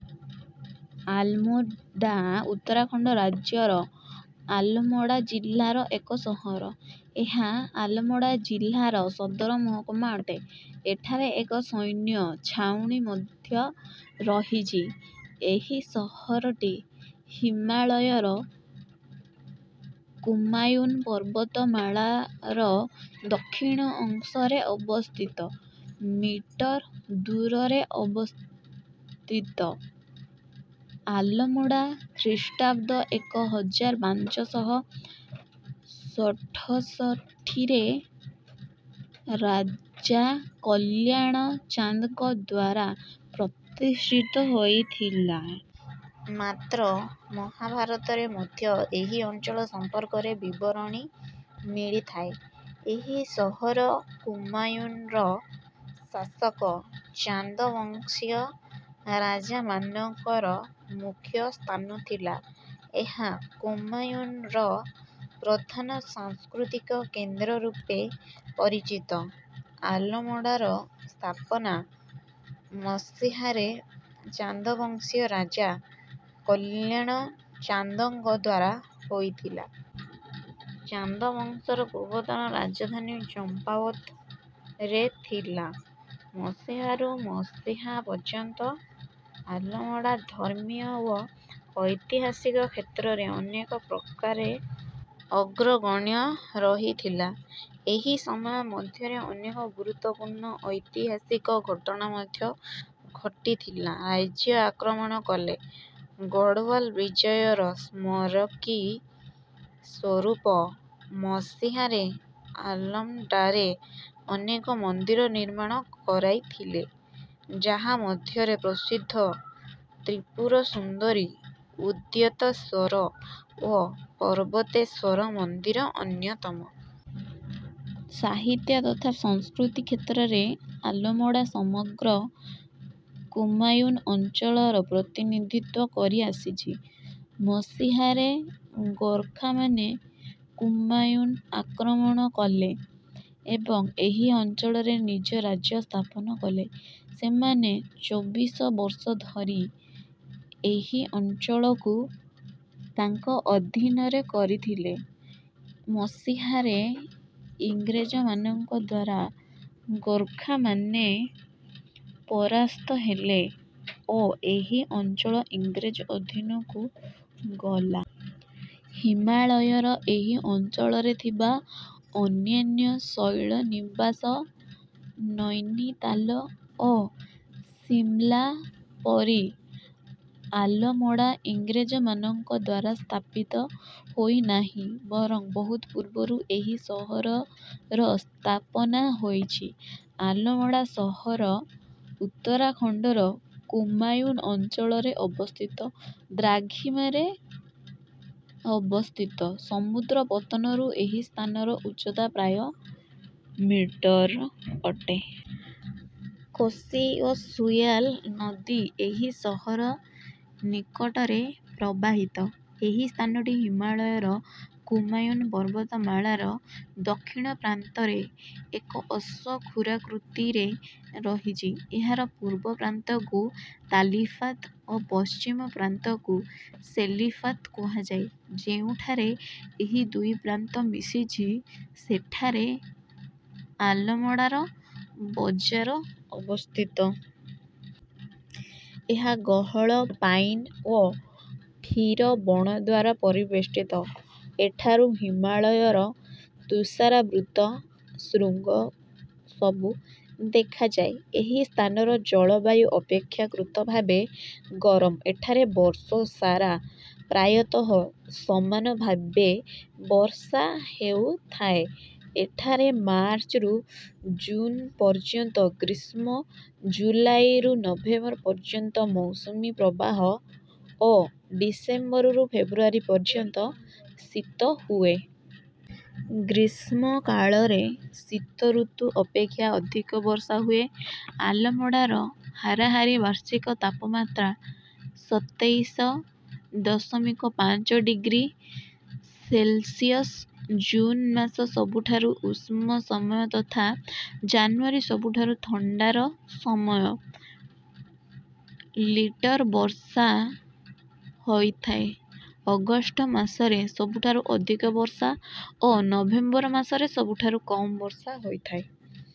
ଆଲମୋଡ଼ା ଉତ୍ତରାଖଣ୍ଡ ରାଜ୍ୟର ଆଲମୋଡ଼ା ଜିଲ୍ଲାର ଏକ ସହର। ଏହା ଆଲମୋଡ଼ା ଜିଲ୍ଲାର ସଦରମହକୁମା ଅଟେ। ଏଠାରେ ଏକ ସୈନ୍ୟ ଛାଉଣୀ ମଧ୍ୟ ରହିଛି। ଏହି ସହରଟି ହିମାଳୟର କୁମାୟୁନ ପର୍ବତମାଳାର ଦକ୍ଷିଣ ଅଂଶରେ ଅବସ୍ଥିତ। ମିଟର ଦୂରରେ ଅବସ୍ଥିତ। ଆଲମୋଡ଼ା ଖ୍ରୀଷ୍ଟାବ୍ଦ ଏକ ହଜାର ପାଞ୍ଚ ଶହ ଷଠଶଠିରେ ରାଜା କଲ୍ୟାଣ ଚାନ୍ଦଙ୍କ ଦ୍ୱାରା ପ୍ରତିଷ୍ଠିତ ହୋଇଥିଲା। ମାତ୍ର ମହାଭାରତରେ ମଧ୍ୟ ଏହି ଅଞ୍ଚଳ ସମ୍ପର୍କରେ ବିବରଣୀ ମିଳିଥାଏ। ଏହି ସହର କୁମାୟୁନର ଶାସକ ଚାନ୍ଦ ବଂଶୀୟ ରାଜାମାନଙ୍କର ମୁଖ୍ୟ ସ୍ଥାନ ଥିଲା। ଏହା କୁମାୟୁନର ପ୍ରଧାନ ସାଂସ୍କୃତିକ କେନ୍ଦ୍ର ରୂପେ ପରିଚିତ। ଆଲମୋଡ଼ାର ସ୍ଥାପନା ମସିହାରେ ଚାନ୍ଦ ବଂଶୀୟ ରାଜା କଲ୍ୟାଣ ଚାନ୍ଦଙ୍କ ଦ୍ୱାରା ହୋଇଥିଲା। ଚାନ୍ଦ ବଂଶର ପୂର୍ବତନ ରାଜଧାନୀ ଚମ୍ପାୱତରେ ଥିଲା। ମସିହାରୁ ମସିହା ପର୍ଯ୍ୟନ୍ତ ଆଲମୋଡ଼ା ଧର୍ମୀୟ ଓ ଐତିହାସିକ କ୍ଷେତ୍ରରେ ଅନେକ ପ୍ରକାରରେ ଅଗ୍ରଗଣ୍ୟ ରହିଥିଲା। ଏହି ସମୟ ମଧ୍ୟରେ ଅନେକ ଗୁରୁତ୍ୱପୂର୍ଣ୍ଣ ଐତିହାସିକ ଘଟଣା ମଧ୍ୟ ଘଟିଥିଲା। ରାଜ୍ୟ ଆକ୍ରମଣ କଲେ। ଗଡ଼ୱାଲ ବିଜୟର ସ୍ମାରକୀ ସ୍ୱରୂପ ମସିହାରେ ଆଲମୋଡ଼ାରେ ଅନେକ ମନ୍ଦିର ନିର୍ମାଣ କରାଇଥିଲେ, ଯାହା ମଧ୍ୟରେ ପ୍ରସିଦ୍ଧ ତ୍ରିପୁର ସୁନ୍ଦରୀ, ଉଦ୍ୟୋତଶ୍ୱର ଓ ପର୍ବତେଶ୍ୱର ମନ୍ଦିର ଅନ୍ୟତମ। ସାହିତ୍ୟ ତଥା ସଂସ୍କୃତି କ୍ଷେତ୍ରରେ ଆଲମୋଡ଼ା ସମଗ୍ର କୁମାୟୁନ ଅଞ୍ଚଳର ପ୍ରତିନିଧିତ୍ୱ କରି ଆସିଛି। ମସିହାରେ ଗୋର୍ଖାମାନେ କୁମାୟୁନ ଆକ୍ରମଣ କଲେ ଏବଂ ଏହି ଅଞ୍ଚଳରେ ନିଜ ରାଜ୍ୟ ସ୍ଥାପନ କଲେ। ସେମାନେ ଚୋବିଶ ବର୍ଷ ଧରି ଏହି ଅଞ୍ଚଳକୁ ତାଙ୍କ ଅଧୀନରେ ରଖିଥିଲେ। ମସିହାରେ ଇଂରେଜମାନଙ୍କ ଦ୍ୱାରା ଗୋର୍ଖାମାନେ ପରାସ୍ତ ହେଲେ ଓ ଏହି ଅଞ୍ଚଳ ଇଂରେଜ ଅଧୀନକୁ ଗଲା। ହିମାଳୟର ଏହି ଅଞ୍ଚଳରେ ଥିବା ଅନ୍ୟାନ୍ୟ ଶୈଳନିବାସ ନୈନିତାଲ ଓ ଶିମଲା ପରି ଆଲମୋଡ଼ା ଇଂରେଜମାନଙ୍କ ଦ୍ୱାରା ସ୍ଥାପିତ ହୋଇନାହିଁ ବରଂ ବହୁତ ପୂର୍ବରୁ ଏହି ସହରର ସ୍ଥାପନା ହୋଇଛି। ଆଲମୋଡ଼ା ସହର ଉତ୍ତରାଖଣ୍ଡର କୁମାୟୁନ ଅଞ୍ଚଳରେ ଅବସ୍ଥିତ। ଦ୍ରାଘିମାରେ ଅବସ୍ଥିତ। ସମୁଦ୍ର ପତନରୁ ଏହି ସ୍ଥାନର ଉଚ୍ଚତା ପ୍ରାୟ ମିଟର ଅଟେ। କୋଶି ଓ ସୂୟାଲ ନଦୀ ଏହି ସହର ନିକଟରେ ପ୍ରବାହିତ। ଏହି ସ୍ଥାନଟି ହିମାଳୟର କୁମାୟୁନ ପର୍ବତମାଳାର ଦକ୍ଷିଣ ପ୍ରାନ୍ତରେ ଏକ ଅଶ୍ୱକ୍ଷୁରାକୃତିରେ ରହିଛି। ଏହାର ପୂର୍ବ ପ୍ରାନ୍ତକୁ ତାଲିଫାତ ଓ ପଶ୍ଚିମ ପ୍ରାନ୍ତକୁ ସେଲିଫାତ କୁହାଯାଏ। ଯେଉଁଠାରେ ଏହି ଦୁଇ ପ୍ରାନ୍ତ ମିଶିଛି, ସେଠାରେ ଆଲମୋଡ଼ାର ବଜାର ଅବସ୍ଥିତ। ଏହା ଗହଳ ପାଇନ ଓ ଫିର ବଣ ଦ୍ୱାରା ପରିବେଷ୍ଟିତ। ଏଠାରୁ ହିମାଳୟର ତୁଷାରାବୃତ ଶୃଙ୍ଗ ସବୁ ଦେଖାଯାଏ। ଏହି ସ୍ଥାନର ଜଳବାୟୁ ଅପେକ୍ଷାକୃତ ଭାବେ ଗରମ। ଏଠାରେ ବର୍ଷସାରା ପ୍ରାୟତଃ ସମାନ ଭାବେ ବର୍ଷା ହେଉଥାଏ। ଏଠାରେ ମାର୍ଚ୍ଚରୁ ଜୁନ ପର୍ଯ୍ୟନ୍ତ ଗ୍ରୀଷ୍ମ, ଜୁଲାଇରୁ ନଭେମ୍ବର ପର୍ଯ୍ୟନ୍ତ ମୌସୁମୀ ପ୍ରବାହ ଓ ଡିସେମ୍ବରରୁ ଫେବୃଆରୀ ପର୍ଯ୍ୟନ୍ତ ଶୀତ ହୁଏ। ଗ୍ରୀଷ୍ମକାଳରେ ଶୀତ ଋତୁ ଅପେକ୍ଷା ଅଧିକ ବର୍ଷା ହୁଏ। ଆଲମୋଡ଼ାର ହାରାହାରି ବାର୍ଷିକ ତାପମାତ୍ରା ସତେଇଶ ଦଶମିକ ପାଞ୍ଚ ଡିଗ୍ରୀ ସେଲସିୟସ। ଜୁନ ମାସ ସବୁଠାରୁ ଉଷ୍ମ ସମୟ ତଥା ଜାନୁଆରୀ ସବୁଠାରୁ ଥଣ୍ଡାର ସମୟ। ଲିଟର ବର୍ଷା ହୋଇଥାଏ। ଅଗଷ୍ଟ ମାସରେ ସବୁଠୁ ଅଧିକ ବର୍ଷା ଓ ନଭେମ୍ବର ମାସରେ ସବୁଠାରୁ କମ ବର୍ଷା ହୋଇଥାଏ।